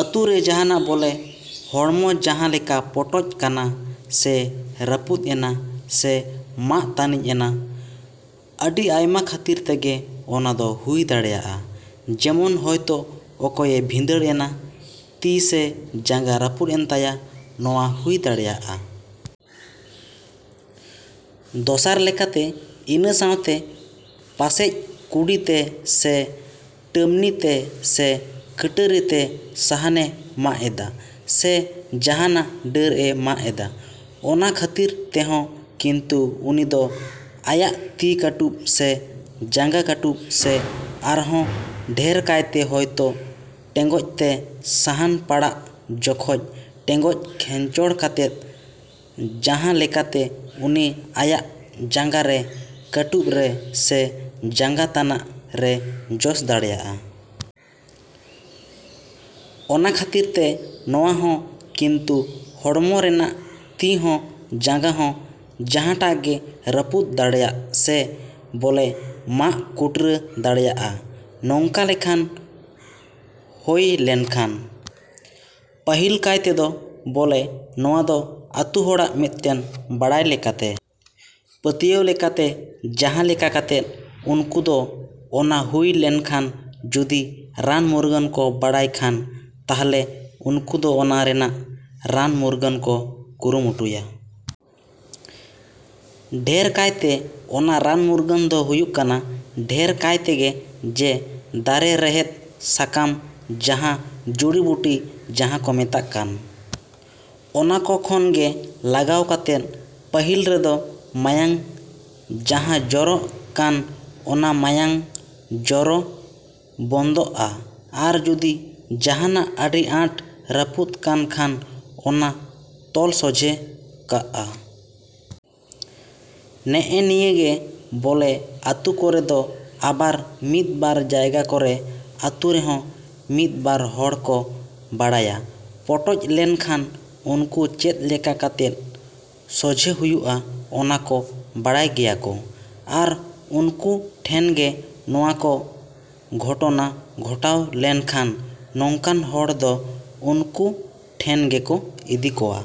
‎ᱟᱹᱛᱩᱨᱮ ᱡᱟᱸᱦᱟᱱᱟᱜ ᱵᱚᱞᱮ ᱦᱚᱲᱢᱚ ᱡᱟᱸᱦᱟ ᱞᱮᱠᱟ ᱯᱚᱴᱚᱡ ᱠᱟᱱᱟ ᱥᱮ ᱨᱟᱹᱯᱩᱫ ᱮᱱᱟ ᱥᱮ ᱢᱟᱜ ᱛᱟᱹᱱᱤᱡ ᱮᱱᱟ, ᱟᱹᱰᱤ ᱟᱭᱢᱟ ᱠᱷᱟᱹᱛᱤᱨ ᱛᱮᱜᱮ ᱚᱱᱟ ᱫᱚ ᱦᱩᱭ ᱫᱟᱲᱮᱭᱟᱜᱼᱟ᱾ ᱡᱮᱢᱚᱱ ᱦᱚᱭᱛᱚ ᱚᱠᱚᱭᱮ ᱵᱷᱤᱸᱫᱟᱹᱲ ᱮᱱᱟ, ᱛᱤ ᱥᱮ ᱡᱟᱸᱜᱟ ᱨᱟᱹᱯᱩᱫ ᱮᱱ ᱛᱟᱭᱟ ᱱᱚᱣᱟ ᱦᱩᱭ ᱫᱟᱲᱮᱭᱟᱜᱼᱟ᱾ ᱫᱚᱥᱟᱨ ᱞᱮᱠᱟᱛᱮ ᱤᱱᱟᱹ ᱥᱟᱶᱛᱮ ᱯᱟᱥᱮᱡ ᱠᱩᱰᱤ ᱛᱮ ᱥᱮ ᱴᱟᱹᱢᱱᱤ ᱛᱮ ᱥᱮ ᱠᱟᱹᱴᱟᱹᱨᱤ ᱛᱮ ᱥᱟᱦᱟᱱᱮ ᱢᱟᱜ ᱮᱫᱟ ᱥᱮ ᱡᱟᱸᱦᱟᱱᱟᱜ ᱰᱟᱹᱨᱼᱮ ᱢᱟᱜ ᱮᱫᱟ, ᱚᱱᱟ ᱠᱷᱟᱹᱛᱤᱨ ᱛᱮᱦᱚᱸ ᱠᱤᱱᱛᱩ ᱩᱱᱤ ᱫᱚ ᱟᱭᱟᱜ ᱛᱤ ᱠᱟᱹᱴᱩᱵ ᱥᱮ ᱡᱟᱸᱜᱟ ᱠᱟᱹᱴᱩᱵ ᱥᱮ ᱟᱨᱦᱚᱸ ᱰᱷᱮᱨ ᱠᱟᱭᱛᱮ ᱦᱚᱭᱛᱚ ᱴᱮᱸᱜᱚᱡ ᱛᱮ ᱥᱟᱦᱟᱱ ᱯᱟᱲᱟᱜ ᱡᱚᱠᱷᱚᱡ ᱴᱮᱸᱜᱚᱡ ᱠᱷᱮᱧᱪᱚᱲ ᱠᱟᱛᱮᱫ ᱡᱟᱸᱦᱟ ᱞᱮᱠᱟᱛᱮ ᱩᱱᱤ ᱟᱭᱟᱜ ᱡᱟᱸᱜᱟ ᱨᱮ ᱠᱟᱹᱴᱩᱵ ᱨᱮ ᱥᱮ ᱡᱟᱸᱜᱟ ᱛᱟᱱᱟᱜ ᱨᱮ ᱡᱚᱥ ᱫᱟᱲᱮᱭᱟᱜᱼᱟ᱾ ᱚᱱᱟ ᱠᱷᱟᱹᱛᱤᱨ ᱛᱮ ᱱᱚᱣᱟ ᱦᱚᱸ ᱠᱤᱱᱛᱩ ᱦᱚᱲᱢᱚ ᱨᱮᱱᱟᱜ ᱛᱤ ᱦᱚᱸ ᱡᱟᱸᱜᱟ ᱦᱚᱸ ᱡᱟᱸᱦᱟᱴᱟᱜ ᱜᱮ ᱨᱟᱹᱯᱩᱫ ᱫᱟᱲᱮᱭᱟᱜ ᱥᱮ ᱵᱚᱞᱮ ᱢᱟᱜ ᱠᱩᱴᱨᱟᱹ ᱫᱟᱲᱮᱭᱟᱜᱼᱟ ᱱᱚᱝᱠᱟ ᱞᱮᱠᱟᱱ ᱦᱩᱭ ᱞᱮᱱᱠᱷᱟᱱ᱾ ᱯᱟᱹᱦᱤᱞ ᱠᱟᱭ ᱛᱮᱫᱚ ᱵᱚᱞᱮ ᱱᱚᱣᱟ ᱫᱚ ᱟᱛᱳ ᱦᱚᱲᱟᱜ ᱢᱤᱫᱴᱮᱱ ᱵᱟᱲᱟᱭ ᱞᱮᱠᱟᱛᱮ, ᱯᱟᱹᱛᱭᱟᱹᱣ ᱞᱮᱠᱟᱛᱮ ᱡᱟᱸᱦᱟ ᱞᱮᱠᱟ ᱠᱟᱛᱮ ᱩᱱᱠᱩ ᱫᱚ ᱚᱱᱟ ᱦᱩᱭ ᱞᱮᱱᱠᱷᱟᱱ ᱡᱩᱫᱤ ᱨᱟᱱ ᱢᱩᱨᱜᱟᱹᱱ ᱠᱚ ᱵᱟᱲᱟᱭ ᱠᱷᱟᱱ ᱛᱟᱦᱞᱮ ᱩᱱᱠᱩ ᱫᱚ ᱚᱱᱟ ᱨᱮᱱᱟᱜ ᱨᱟᱱ ᱢᱩᱨᱜᱟᱹᱱ ᱠᱚ ᱠᱩᱨᱩᱢᱩᱴᱩᱭᱟ᱾ ᱰᱷᱮᱨ ᱠᱟᱭᱛᱮ ᱚᱱᱟ ᱨᱟᱱ ᱢᱩᱨᱜᱟᱹᱱ ᱫᱚ ᱦᱩᱭᱩᱜ ᱠᱟᱱᱟ ᱰᱷᱮᱨ ᱠᱟᱭ ᱛᱮᱜᱮ ᱡᱮ ᱫᱟᱨᱮ ᱨᱮᱦᱮᱫ ᱥᱟᱠᱟᱢ ᱡᱟᱸᱦᱟ ᱡᱩᱲᱤ ᱵᱩᱴᱤ ᱡᱟᱸᱦᱟ ᱠᱚ ᱢᱮᱛᱟᱜ ᱠᱟᱱ, ᱚᱱᱟ ᱠᱚ ᱠᱷᱚᱱ ᱜᱮ ᱞᱟᱜᱟᱣ ᱠᱟᱛᱮᱫ ᱯᱟᱹᱦᱤᱞ ᱨᱮᱫᱚ ᱢᱟᱭᱟᱝ ᱡᱟᱸᱦᱟ ᱡᱚᱨᱚᱜ ᱠᱟᱱ ᱚᱱᱟ ᱢᱟᱭᱟᱝ ᱡᱚᱨᱚ ᱵᱚᱱᱫᱚᱜᱼᱟ ᱟᱨ ᱡᱩᱫᱤ ᱡᱟᱸᱦᱟᱱᱟᱜ ᱟᱹᱰᱤ ᱟᱸᱴ ᱨᱟᱹᱯᱩᱫ ᱠᱟᱱ ᱠᱷᱟᱱ ᱚᱱᱟ ᱛᱚᱞ ᱥᱚᱡᱷᱮ ᱠᱟᱜᱼᱟ᱾ ᱱᱮᱜᱼᱮ ᱱᱤᱭᱟᱹ ᱜᱮ ᱵᱚᱞᱮ ᱟᱹᱛᱩ ᱠᱚᱨᱮ ᱫᱚ ᱟᱵᱟᱨ ᱢᱤᱫᱵᱟᱨ ᱡᱟᱭᱜᱟ ᱠᱚᱨᱮ ᱟᱹᱛᱩ ᱨᱮᱦᱚᱸ ᱢᱤᱫ ᱵᱟᱨ ᱦᱚᱲ ᱠᱚ ᱵᱟᱲᱟᱭᱟ ᱯᱚᱴᱚᱡ ᱞᱮᱱᱠᱷᱟᱱ ᱩᱱᱠᱩ ᱪᱮᱫ ᱞᱮᱠᱟ ᱠᱟᱛᱮᱫ ᱥᱚᱡᱷᱮ ᱦᱩᱭᱩᱜᱼᱟ ᱚᱱᱟ ᱠᱚ ᱵᱟᱲᱟᱭ ᱜᱮᱭᱟ ᱠᱚ᱾ ᱟᱨ ᱩᱱᱠᱩ ᱴᱷᱮᱱ ᱜᱮ ᱱᱚᱣᱟ ᱠᱚ ᱜᱷᱚᱴᱚᱱᱟ ᱜᱷᱚᱴᱟᱣ ᱞᱮᱱᱠᱷᱟᱱ, ᱱᱚᱝᱠᱟᱱ ᱦᱚᱲ ᱫᱚ ᱩᱱᱠᱩ ᱴᱷᱮᱱ ᱜᱮᱠᱚ ᱤᱫᱤ ᱠᱚᱣᱟ᱾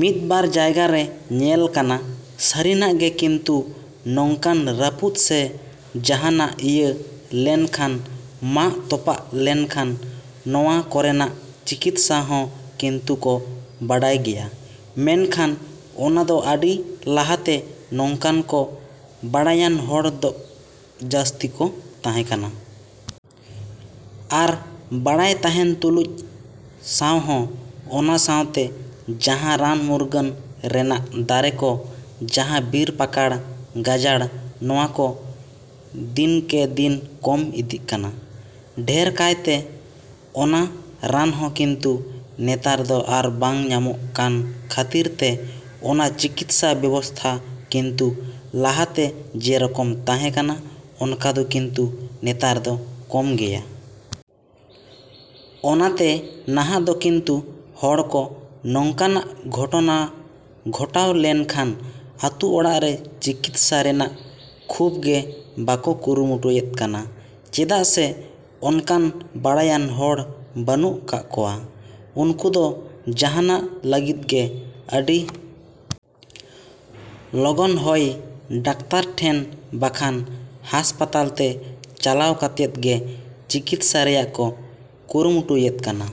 ᱢᱤᱫᱵᱟᱨ ᱡᱟᱭᱜᱟᱨᱮ ᱧᱮᱞ ᱠᱟᱱᱟ ᱥᱟᱹᱨᱤᱱᱟᱜ ᱜᱮ ᱠᱤᱱᱛᱩ ᱱᱚᱝᱠᱟᱱ ᱨᱟᱹᱯᱩᱫ ᱥᱮ ᱡᱟᱸᱦᱟᱱᱟᱜ ᱤᱭᱟᱹ ᱞᱮᱱᱠᱷᱟᱱ ᱢᱟᱜ ᱛᱚᱯᱟᱜ ᱞᱮᱱᱠᱷᱟᱱ ᱱᱚᱣᱟ ᱠᱚᱨᱮᱱᱟᱜ ᱪᱤᱠᱤᱛᱥᱟ ᱦᱚᱸ ᱠᱤᱱᱛᱩ ᱠᱚ ᱵᱟᱰᱟᱭ ᱜᱮᱭᱟ᱾ ᱢᱮᱱᱠᱷᱟᱱ ᱚᱱᱟᱫᱚ ᱟᱹᱰᱤ ᱞᱟᱦᱟᱛᱮ ᱱᱚᱝᱠᱟᱱ ᱠᱚ ᱵᱟᱲᱟᱭᱟᱱ ᱦᱚᱲ ᱫᱚ ᱡᱟᱹᱥᱛᱤ ᱠᱚ ᱛᱟᱸᱦᱮ ᱠᱟᱱᱟ᱾ ᱟᱨ ᱵᱟᱲᱟᱭ ᱛᱟᱸᱦᱮᱱ ᱛᱩᱞᱩᱡ ᱥᱟᱶᱦᱚᱸ ᱚᱱᱟ ᱥᱟᱶᱛᱮ ᱡᱟᱸᱦᱟ ᱨᱟᱱ ᱢᱩᱨᱜᱟᱹᱱ ᱨᱮᱱᱟᱜ ᱫᱟᱨᱮ ᱠᱚ ᱡᱟᱸᱦᱟ ᱵᱤᱨ ᱯᱟᱠᱟᱲ ᱜᱟᱡᱟᱲ ᱱᱚᱣᱟ ᱠᱚ ᱫᱤᱱᱠᱮ ᱫᱤᱱ ᱠᱚᱢ ᱤᱫᱤᱜ ᱠᱟᱱᱟ᱾ ᱰᱷᱮᱨ ᱠᱟᱭᱛᱮ ᱚᱱᱟ ᱨᱟᱱᱦᱚᱸ ᱠᱤᱱᱛᱩ ᱱᱮᱛᱟᱨ ᱫᱚ ᱟᱨ ᱵᱟᱝ ᱧᱟᱢᱚᱜ ᱠᱟᱱ ᱠᱷᱟᱹᱛᱤᱨ ᱛᱮ ᱚᱱᱟ ᱪᱤᱠᱤᱛᱥᱟ ᱵᱮᱵᱚᱥᱛᱷᱟ ᱠᱤᱱᱛᱩ ᱞᱟᱦᱟᱛᱮ ᱡᱮᱨᱚᱠᱚᱢ ᱛᱟᱸᱦᱮ ᱠᱟᱱᱟ ᱚᱱᱟ ᱫᱚ ᱠᱤᱱᱛᱩ ᱱᱮᱛᱟᱨ ᱫᱚ ᱠᱚᱢ ᱜᱮᱭᱟ᱾ ᱚᱱᱟᱛᱮ ᱱᱟᱦᱟᱜ ᱫᱚ ᱠᱤᱱᱛᱩ ᱦᱚᱲ ᱫᱚ ᱱᱚᱝᱠᱟᱱᱟᱜ ᱜᱷᱚᱴᱚᱱᱟ ᱜᱷᱚᱴᱟᱣ ᱞᱮᱱᱠᱷᱟᱱ ᱟᱛᱳ ᱚᱲᱟᱜ ᱨᱮ ᱪᱤᱠᱤᱛᱥᱟ ᱨᱮᱱᱟᱜ ᱠᱷᱩᱵᱽ ᱜᱮ ᱵᱟᱠᱚ ᱠᱩᱨᱩᱢᱩᱴᱩᱭᱮᱫ ᱠᱟᱱᱟ ᱪᱮᱫᱟᱜ ᱥᱮ ᱚᱱᱠᱟᱱ ᱵᱟᱲᱟᱭᱟᱱ ᱦᱚᱲ ᱵᱟᱹᱱᱩᱜ ᱠᱟᱜ ᱠᱚᱣᱟ᱾ ᱩᱱᱠᱩ ᱫᱚ ᱡᱟᱸᱦᱟᱱᱟᱜ ᱞᱟᱹᱜᱤᱫ ᱜᱮ ᱟ.ᱰᱤ ᱞᱚᱜᱚᱱ ᱦᱚᱭ ᱰᱟᱠᱴᱚᱨ ᱴᱷᱮᱱ ᱵᱟᱠᱷᱟᱱ ᱦᱟᱥᱯᱟᱛᱟᱞ ᱛᱮ ᱪᱟᱞᱟᱣ ᱠᱟᱛᱮᱫ ᱜᱮ ᱪᱤᱠᱤᱛᱥᱟ ᱨᱮᱭᱟᱜ ᱠᱚ ᱠᱩᱨᱩᱢᱩᱴᱩᱭᱮᱫ ᱠᱟᱱᱟ᱾।